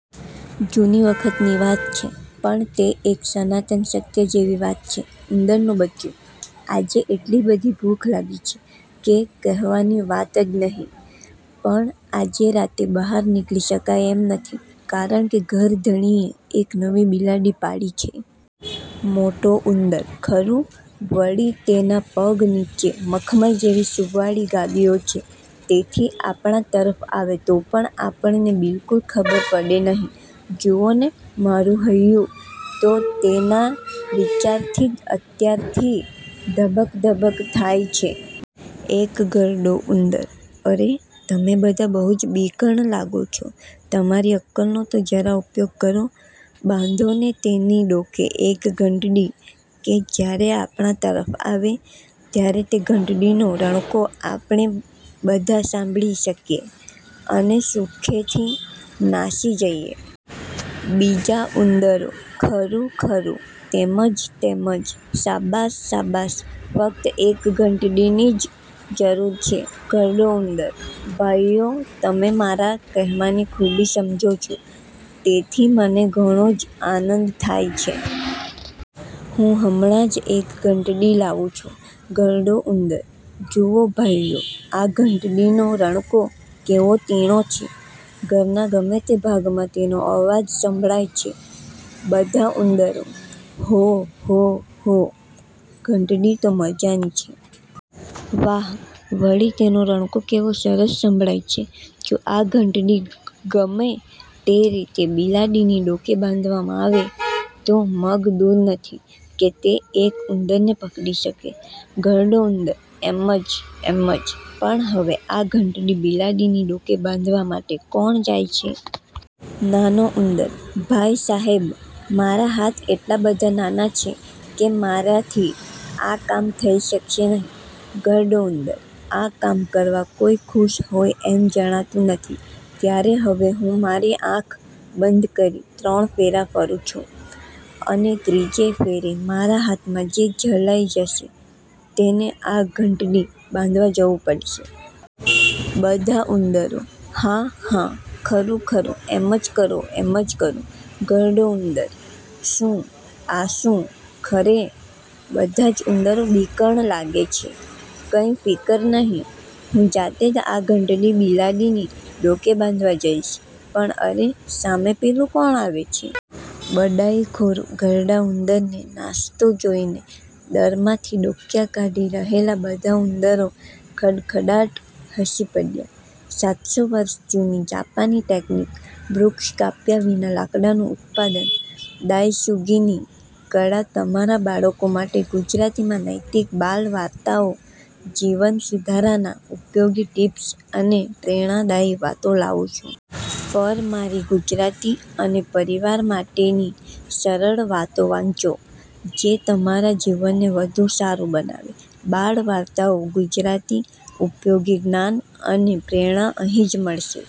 જૂના વખતની વાત છે પણ તે એક સનાતન સત્ય જેવી વાત છે. ઉંદરનું બચ્ચું – આજે એટલી બધી ભૂખ લાગી છે, કે કહેવાની વાત જ નહિ; પણ આજ રાતે બહાર નીકળી શકાય એમ નથી, કારણ કે ઘરધણીએ એક નવી બિલાડી પાળી છે. મોટો ઉંદર – ખરું; વળી તેના પગ નીચે મખમલ જેવી સુંવાળી ગાદીઓ છે, તેથી આપણા તરફ આવે તો પણ આપણને બિલકુલ ખબર પડે નહિ. જુઓને, મારું હૈયું તો તેના વિચારથી જ અત્યારથી ધબક ધબક થાય છે! એક ઘરડો ઉંદર – અરે! તમે બધા બહુ જ બીકણ લાગો છો. તમારી અક્કલનો તો જરા ઉપયોગ કરો. બાંધોને તેની ડોકે એક ઘંટડી, કે જ્યારે આપણા તરફ આવે, ત્યારે તે ઘંટડીનો રણકો આપણે બધા સાંભળી શકીએ, અને સુખેથી નાસી જઈએ! બીજા ઉંદરો – ખરું, ખરું, તેમ જ તેમ જ; શાબાશ! શાબાશ! ફક્ત એક ઘંટડીની જ જરૂર છે. ઘરડો ઉંદર – ભાઈઓ, તમે મારા કહેવાની ખૂબી સમજો છો તેથી મને ઘણો જ આનંદ થાય છે. હું હમણાં જ એક ઘંટડી લાવું છું. ઘરડો ઉંદર – જુઓ, ભાઈઓ, આ ઘંટડીનો રણકો કેવો તીણો છે! ઘરના ગમે તે ભાગમાં તેનો અવાજ સંભળાય છે. બધા ઉંદરો – હો! હો! હો! ઘંટડી તો મજાની છે. વાહ! વળી તેનો રણકો કેવો સરસ સંભળાય છે! જો આ ઘંટડી ગમે તે રીતે બિલાડીની ડોકે બાંધવામાં આવે તો મગદૂર નથી કે તે એક ઉંદરને પકડી શકે! ઘરડો ઉંદર – એમ જ, એમ જ; પણ હવે આ ઘંટડી બિલાડીની ડોકે બાંધવા માટે કોણ જાય છે? નાનો ઉંદર – ભાઈ સાહેબ, મારા હાથ એટલા બધા નાના છે, કે મારાથી આ કામ થઈ શકશે નહિ. ઘરડો ઉંદર – આ કામ કરવા કોઈ ખુશ હોય એમ જણાતું નથી. ત્યારે હવે હું મારી આંખ બંધ કરી ત્રણ ફેરા ફરું છું, અને ત્રીજે ફેરે મારા હાથમાં જે ઝલાઈ જશે તેને આ ઘંટડી બાંધવા જવું પડશે. બધા ઉંદરો – હા, હા, ખરું ખરું, એમ જ કરો; એમ જ કરો. ઘરડો ઉંદર – શું! આ શું! ખરે! બધા જ ઉંદરો બીકણ લાગે છે! કંઈ ફિકર નહિ, હું જાતે જ આ ઘંટડી બિલાડીની ડોકે બાંધવા જઈશ; પણ અરે સામે પેલું કોણ આવે છે? બડાઈખોર ઘરડા ઉંદરને નાસતો જોઈને દરમાંથી ડોકીયાં કાઢી રહેલા બધા ઉંદરો ખડખડાટ હસી પડ્યા. સાતસો વર્ષ જૂની જાપાની ટેકનિક: વૃક્ષ કાપ્યા વિના લાકડાનું ઉત્પાદન – દાયસુગીની કળા તમારા બાળકો માટે ગુજરાતીમાં નૈતિક બાલ વાર્તાઓ, જીવન સુધારનારા ઉપયોગી ટિપ્સ અને પ્રેરણાદાયી વાતો લાવું છું! પર મારી ગુજરાતી, અને પરિવાર માટેની સરળ વાતો વાંચો, જે તમારા જીવનને વધુ સારું બનાવે. બાળ વાર્તાઓ ગુજરાતી, ઉપયોગી જ્ઞાન અને પ્રેરણા અહીં જ મળશે.